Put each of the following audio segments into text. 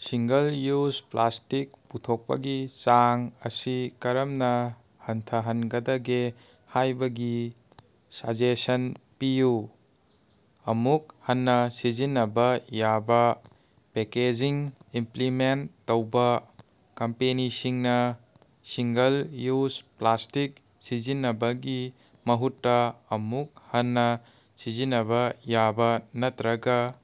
Single-use plastic ꯄꯨꯊꯣꯛꯄꯒꯤ ꯆꯥꯡ ꯑꯁꯤ ꯀꯔꯝꯅ ꯍꯟꯊꯍꯟꯒꯗꯒꯦ ꯍꯥꯏꯕꯒꯤ ꯁꯖꯦꯁꯟ ꯄꯤꯌꯨ꯫ ꯑꯃꯨꯛ ꯍꯟꯅ ꯁꯤꯖꯤꯟꯅꯕ ꯌꯥꯕꯥ ꯄꯦꯀꯦꯖꯤꯡ ꯏꯝꯄꯂꯤꯃꯦꯟꯇ ꯇꯧꯕꯥ: ꯀꯝꯄꯦꯅꯤꯁꯤꯡꯅꯥ ꯁꯤꯡꯒꯜ-ꯌꯨꯖ ꯄ꯭ꯂꯥꯁꯇꯤꯛ ꯁꯤꯖꯤꯟꯅꯕꯒꯤ ꯃꯍꯨꯠꯇ ꯑꯃꯨꯛ ꯍꯟꯅ ꯁꯤꯖꯤꯟꯅꯕ ꯌꯥꯕ ꯅꯠꯇꯔꯒ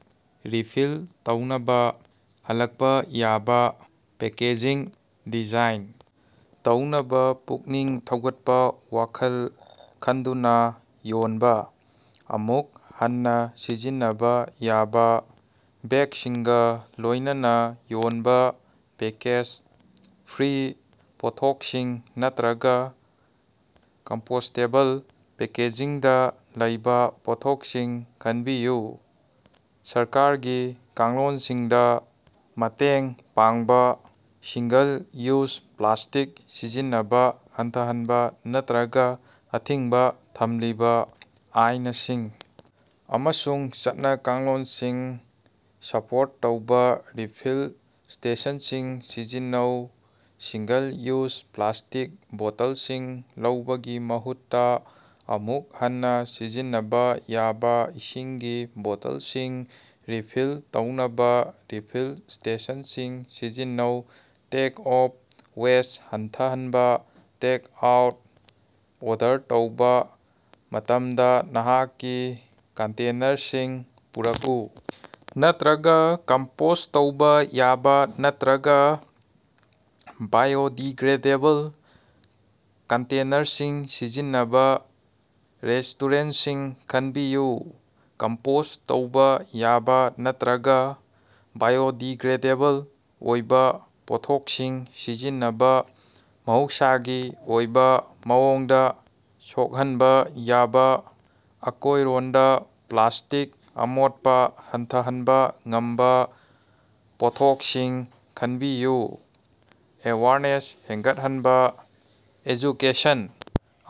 ꯔꯤꯐꯤꯜ ꯇꯧꯅꯕ ꯍꯜꯂꯛꯄ ꯌꯥꯕ ꯄꯦꯀꯦꯖꯤꯡ ꯗꯤꯖꯥꯏꯟ ꯇꯧꯅꯕ ꯄꯨꯛꯅꯤꯡ ꯊꯧꯒꯠꯄ꯫ ꯋꯥꯈꯜ ꯈꯟꯗꯨꯅ ꯌꯣꯟꯕ: ꯑꯃꯨꯛ ꯍꯟꯅꯥ ꯁꯤꯖꯤꯟꯅꯕꯥ ꯌꯥꯕ ꯕꯦꯒꯁꯤꯡꯒꯥ ꯂꯣꯏꯅꯅ ꯌꯣꯟꯕ, ꯄꯦꯀꯦꯖ-ꯐ꯭ꯔꯤ ꯄꯣꯠꯊꯣꯛꯁꯤꯡ ꯅꯠꯇꯔꯒꯥ ꯀꯝꯄꯣꯁꯇꯦꯕꯜ ꯄꯦꯀꯦꯖꯤꯡꯗꯥ ꯂꯩꯕꯥ ꯄꯣꯠꯊꯣꯛꯁꯤꯡ ꯈꯟꯕꯤꯌꯨ꯫ ꯁꯔꯀꯥꯔꯒꯤ ꯀꯥꯡꯂꯣꯟꯁꯤꯡꯗꯥ ꯃꯇꯦꯡ ꯄꯥꯡꯕ: ꯁꯤꯡꯒꯜ-ꯌꯨꯖ ꯄ꯭ꯂꯥꯁꯇꯤꯛ ꯁꯤꯖꯤꯟꯅꯕꯥ ꯍꯟꯊꯍꯟꯕ ꯅꯠꯇꯔꯒꯥ ꯑꯊꯤꯡꯕꯥ ꯊꯝꯂꯤꯕꯥ ꯑꯥꯏꯅꯁꯤꯡ ꯑꯃꯁꯨꯡ ꯆꯠꯅ-ꯀꯥꯡꯂꯣꯟꯁꯤꯡ ꯁꯄꯣꯔꯠ ꯇꯧꯕꯥ꯫ ꯔꯤꯐꯤꯜ ꯁ꯭ꯇꯦꯁꯟꯁꯤꯡ ꯁꯤꯖꯤꯟꯅꯧ: ꯁꯤꯡꯒꯜ-ꯌꯨꯖ ꯄ꯭ꯂꯥꯁꯇꯤꯛ ꯕꯣꯇꯜꯁꯤꯡ ꯂꯧꯕꯒꯤ ꯃꯍꯨꯠꯇꯥ, ꯑꯃꯨꯛ ꯍꯟꯅꯥ ꯁꯤꯖꯤꯟꯅꯕ ꯌꯥꯕ ꯏꯁꯤꯡꯒꯤ ꯕꯣꯇꯜꯁꯤꯡ ꯔꯤꯐꯤꯜ ꯇꯧꯅꯕ ꯔꯤꯐꯤꯜ ꯁ꯭ꯇꯦꯁꯟꯁꯤꯡ ꯁꯤꯖꯤꯟꯅꯧ꯫ ꯇꯦꯛ-ꯑꯣꯐ ꯋꯦꯁꯠ ꯍꯟꯊꯍꯟꯕꯥ: ꯇꯦꯛ-ꯑꯥꯎꯠ ꯑꯣꯔꯗꯔ ꯇꯧꯕꯥ ꯃꯇꯝꯗ ꯅꯍꯥꯛꯀꯤ ꯀꯟꯇꯦꯅꯔꯁꯤꯡ ꯄꯨꯔꯛꯎ ꯅꯠꯇꯔꯒꯥ ꯀꯝꯄꯣꯁꯠ ꯇꯧꯕ ꯌꯥꯕ ꯅꯠꯇꯔꯒꯥ ꯕꯥꯏꯑꯣꯗꯤꯒ꯭ꯔꯦꯗꯦꯕꯜ ꯀꯟꯇꯦꯅꯔꯁꯤꯡ ꯁꯤꯖꯤꯟꯅꯕ ꯔꯦꯁꯇꯣꯔꯦꯟꯇꯁꯤꯡ ꯈꯟꯕꯤꯌꯨ꯫ ꯀꯝꯄꯣꯁꯠ ꯇꯧꯕ ꯌꯥꯕ ꯅꯠꯇꯔꯒꯥ ꯕꯥꯏꯑꯣꯗꯤꯒ꯭ꯔꯦꯗꯦꯕꯜ ꯑꯣꯏꯕ ꯄꯣꯠꯊꯣꯛꯁꯤꯡ ꯁꯤꯖꯤꯟꯅꯕ: ꯃꯍꯧꯁꯥꯒꯤ ꯑꯣꯏꯕ ꯃꯑꯣꯡꯗ ꯁꯣꯛꯍꯟꯕ ꯌꯥꯕ, ꯑꯀꯣꯏꯔꯣꯟꯗ ꯄ꯭ꯂꯥꯁꯇꯤꯛ ꯑꯃꯣꯠꯄꯥ ꯍꯟꯊꯍꯟꯕꯥ ꯉꯝꯕ ꯄꯣꯠꯊꯣꯛꯁꯤꯡ ꯈꯟꯕꯤꯌꯨ꯫ ꯑꯦꯋꯦꯌꯔꯅꯦꯁ ꯍꯦꯟꯒꯠꯍꯟꯕꯥ: ꯑꯦꯖꯨꯀꯦꯁꯟ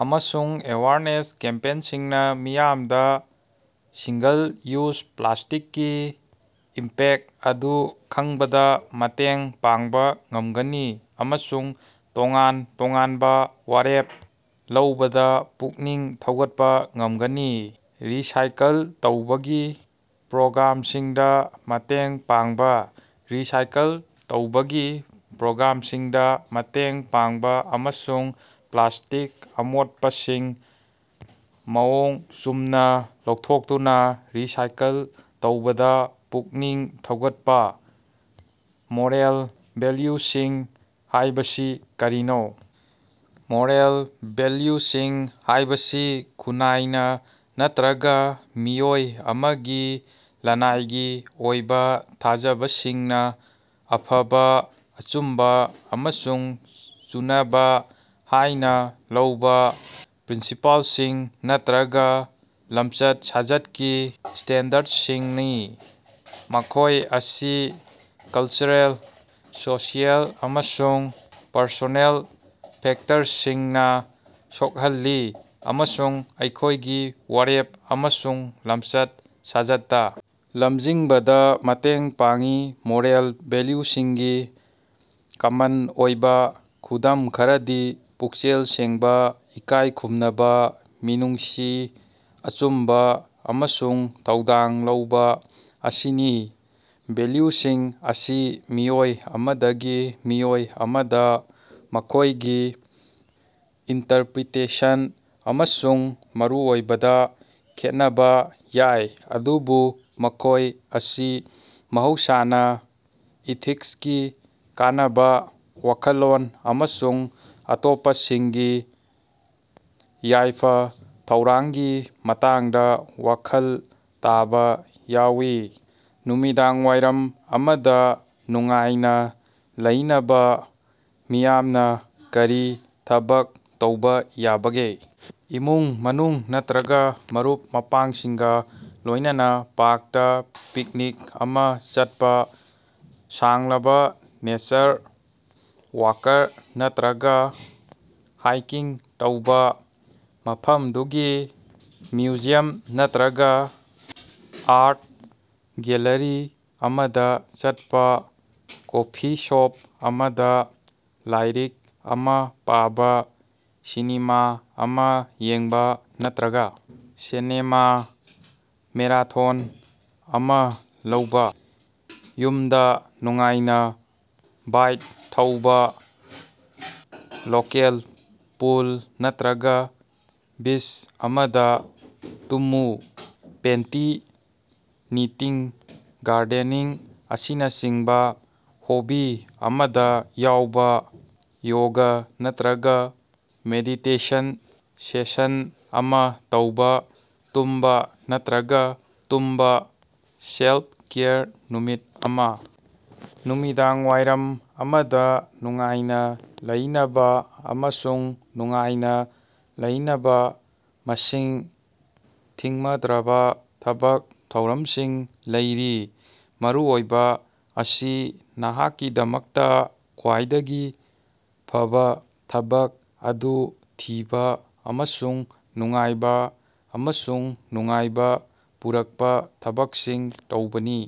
ꯑꯃꯁꯨꯡ ꯑꯦꯋꯦꯌꯔꯅꯦꯁ ꯀꯦꯝꯄꯦꯟꯁꯤꯡꯅꯥ ꯃꯤꯌꯥꯝꯗꯥ ꯁꯤꯡꯒꯜ-ꯌꯨꯖ ꯄ꯭ꯂꯥꯁꯇꯤꯛꯀꯤ ꯏꯝꯄꯦꯛꯇ ꯑꯗꯨ ꯈꯪꯕꯗ ꯃꯇꯦꯡ ꯄꯥꯡꯕꯥ ꯉꯝꯒꯅꯤ ꯑꯃꯁꯨꯡ ꯇꯣꯉꯥꯟ ꯇꯣꯉꯥꯟꯕ ꯋꯥꯔꯦꯞ ꯂꯧꯕꯗ ꯄꯨꯛꯅꯤꯡ ꯊꯧꯒꯠꯄ ꯉꯝꯒꯅꯤ꯫ ꯔꯤꯁꯥꯏꯀꯜ ꯇꯧꯕꯒꯤ ꯄ꯭ꯔꯣꯒ꯭ꯔꯥꯃꯁꯤꯡꯗꯥ ꯃꯇꯦꯡ ꯄꯥꯡꯕꯥ: ꯔꯤꯁꯥꯏꯀꯜ ꯇꯧꯕꯒꯤ ꯄ꯭ꯔꯣꯒ꯭ꯔꯥꯃꯁꯤꯡꯗꯥ ꯃꯇꯦꯡ ꯄꯥꯡꯕꯥ ꯑꯃꯁꯨꯡ ꯄ꯭ꯂꯥꯁꯇꯤꯛ ꯑꯃꯣꯠꯄꯁꯤꯡ ꯃꯑꯣꯡ ꯆꯨꯝꯅ ꯂꯧꯊꯣꯛꯇꯨꯅꯥ ꯔꯤꯁꯥꯏꯀꯜ ꯇꯧꯕꯗꯥ ꯄꯨꯛꯅꯤꯡ ꯊꯧꯒꯠꯄꯥ꯫ ꯃꯣꯔꯦꯜ ꯚꯦꯜꯌꯨꯁꯤꯡ ꯍꯥꯏꯕꯁꯤ ꯀꯔꯤꯅꯣ? ꯃꯣꯔꯦꯜ ꯚꯦꯜꯌꯨꯁꯤꯡ ꯍꯥꯏꯕꯁꯤ ꯈꯨꯟꯅꯥꯏꯅ ꯅꯠꯇꯔꯒꯥ ꯃꯤꯑꯣꯏ ꯑꯃꯒꯤ ꯂꯅꯥꯏꯒꯤ ꯑꯣꯏꯕ ꯊꯥꯖꯕꯁꯤꯡꯅ ꯑꯐꯕ, ꯑꯆꯨꯝꯕ ꯑꯃꯁꯨꯡ ꯆꯨꯅꯕ ꯍꯥꯏꯅ ꯂꯧꯕ ꯄ꯭ꯔꯤꯟꯁꯤꯄꯜꯁꯤꯡ ꯅꯠꯇꯔꯒꯥ ꯂꯝꯆꯠ-ꯁꯥꯖꯠꯀꯤ ꯁ꯭ꯇꯦꯟꯗꯔꯗꯁꯤꯡꯅꯤ꯫ ꯃꯈꯣꯏ ꯑꯁꯤ ꯀꯂꯆꯔꯦꯜ, ꯁꯣꯁꯤꯑꯦꯜ ꯑꯃꯁꯨꯡ ꯄꯔꯁꯣꯅꯦꯜ ꯐꯦꯛꯇꯔꯁꯤꯡꯅꯥ ꯁꯣꯛꯍꯜꯂꯤ ꯑꯃꯁꯨꯡ ꯑꯩꯈꯣꯏꯒꯤ ꯋꯥꯔꯦꯞ ꯑꯃꯁꯨꯡ ꯂꯝꯆꯠ-ꯁꯥꯖꯠꯇꯥ ꯂꯝꯖꯤꯡꯕꯗꯥ ꯃꯇꯦꯡ ꯄꯥꯡꯏ꯫ ꯃꯣꯔꯦꯜ ꯚꯦꯜꯌꯨꯁꯤꯡꯒꯤ ꯀꯃꯟ ꯑꯣꯏꯕꯥ ꯈꯨꯗꯝ ꯈꯔꯗꯤ ꯄꯨꯛꯆꯦꯜ ꯁꯦꯡꯕꯥ, ꯏꯀꯥꯏ ꯈꯨꯝꯅꯕ, ꯃꯤꯅꯨꯡꯁꯤ, ꯑꯆꯨꯝꯕ ꯑꯃꯁꯨꯡ ꯊꯧꯗꯥꯡ ꯂꯧꯕꯥ ꯑꯁꯤꯅꯤ꯫ ꯚꯦꯜꯌꯨꯁꯤꯡ ꯑꯁꯤ ꯃꯤꯑꯣꯏ ꯑꯃꯗꯒꯤ ꯃꯤꯑꯣꯏ ꯑꯃꯗ ꯃꯈꯣꯏꯒꯤ ꯏꯟꯇꯔꯄꯔꯤꯇꯦꯁꯟ ꯑꯃꯁꯨꯡ ꯃꯔꯨꯑꯣꯏꯕꯗꯥ ꯈꯦꯠꯅꯕ ꯌꯥꯏ, ꯑꯗꯨꯕꯨ ꯃꯈꯣꯏ ꯑꯁꯤ ꯃꯍꯧꯁꯥꯅ ꯏꯊꯤꯛꯁꯀꯤ ꯑꯀꯅꯕꯥ ꯋꯥꯈꯜꯂꯣꯟ ꯑꯃꯁꯨꯡ ꯑꯇꯣꯞꯄꯁꯤꯡꯒꯤ ꯌꯥꯏꯐ-ꯊꯧꯔꯥꯡꯒꯤ ꯃꯇꯥꯡꯗꯥ ꯋꯥꯈꯜ ꯇꯥꯕꯥ ꯌꯥꯎꯏ꯫ ꯅꯨꯃꯤꯗꯥꯡꯋꯥꯏꯔꯝ ꯑꯃꯗꯥ ꯅꯨꯡꯉꯥꯏꯅꯥ ꯂꯩꯅꯕꯥ ꯃꯤꯌꯥꯝꯅꯥ ꯀꯔꯤ ꯊꯕꯛ ꯇꯧꯕꯥ ꯌꯥꯕꯒꯦ? ꯏꯃꯨꯡ ꯃꯅꯨꯡ ꯅꯠꯇꯔꯒꯥ ꯃꯔꯨꯞ ꯃꯄꯥꯡꯁꯤꯡꯒꯥ ꯂꯣꯏꯅꯅ ꯄꯥꯔꯛꯇꯥ ꯄꯤꯛꯅꯤꯛ ꯑꯃꯥ ꯆꯠꯄꯥ ꯁꯥꯡꯂꯕꯥ ꯅꯦꯆꯔ ꯋꯥꯀꯔ ꯅꯠꯇꯔꯒꯥ ꯍꯥꯏꯀꯤꯡ ꯇꯧꯕꯥ ꯃꯐꯝꯗꯨꯒꯤ ꯃ꯭ꯌꯨꯖꯤꯌꯝ ꯅꯠꯇꯔꯒꯥ ꯑꯥꯔꯠ ꯒꯦꯜꯂꯔꯤ ꯑꯃꯗꯥ ꯆꯠꯄꯥ ꯀꯣꯐꯤ ꯁꯣꯞ ꯑꯃꯗꯥ ꯂꯥꯏꯔꯤꯛ ꯑꯃꯥ ꯄꯥꯕꯥ ꯁꯤꯅꯦꯃꯥ ꯑꯃꯥ ꯌꯦꯡꯕꯥ ꯅꯠꯇꯔꯒꯥ ꯁꯤꯅꯦꯃꯥ ꯃꯦꯔꯥꯊꯣꯟ ꯑꯃꯥ ꯂꯧꯕꯥ꯫ ꯌꯨꯃꯗꯥ ꯅꯨꯡꯉꯥꯏꯅꯥ ꯕꯥꯏꯛ ꯊꯧꯕꯥ ꯂꯣꯀꯦꯜ ꯄꯨꯜ ꯅꯠꯇꯔꯒꯥ ꯕꯤꯆ ꯑꯃꯗꯥ ꯇꯨꯝꯃꯨ ꯄꯦꯟꯇꯤꯡ, ꯅꯤꯇꯤꯡ, ꯒꯥꯔꯗꯦꯅꯤꯡ ꯑꯁꯤꯅꯆꯤꯡꯕꯥ ꯍꯣꯕꯤ ꯑꯃꯗꯥ ꯌꯥꯎꯕꯥ ꯌꯣꯒ ꯅꯠꯇꯔꯒꯥ ꯃꯦꯗꯤꯇꯦꯁꯟ ꯁꯦꯁꯟ ꯑꯃꯥ ꯇꯧꯕꯥ ꯇꯨꯝꯕꯥ ꯅꯠꯇꯔꯒꯥ ꯇꯨꯝꯕꯥ꯫ ꯁꯦꯜꯐ-ꯀꯦꯌꯔ ꯅꯨꯃꯤꯠ ꯑꯃꯥ꯫ ꯅꯨꯃꯤꯗꯥꯡꯋꯥꯏꯔꯝ ꯑꯃꯗꯥ ꯅꯨꯡꯉꯥꯏꯅꯥ ꯂꯩꯅꯕꯥ ꯑꯃꯁꯨꯡ ꯅꯨꯡꯉꯥꯏꯅꯥ ꯂꯩꯅꯕꯥ ꯃꯁꯤꯡ ꯊꯤꯡꯃꯗ꯭ꯔꯕꯥ ꯊꯕꯛ ꯊꯧꯔꯝꯁꯤꯡ ꯂꯩꯔꯤ꯫ ꯃꯔꯨꯑꯣꯏꯕꯥ ꯑꯁꯤ ꯅꯍꯥꯛꯀꯤꯗꯃꯛꯇꯥ ꯈ꯭ꯋꯥꯏꯗꯒꯤ ꯐꯕꯥ ꯊꯕꯛ ꯑꯗꯨ ꯊꯤꯕ ꯑꯃꯁꯨꯡ ꯅꯨꯡꯉꯥꯏꯕꯥ ꯑꯃꯁꯨꯡ ꯅꯨꯡꯉꯥꯏꯕꯥ ꯄꯨꯔꯛꯄꯥ ꯊꯕꯛꯁꯤꯡ ꯇꯧꯕꯅꯤ꯫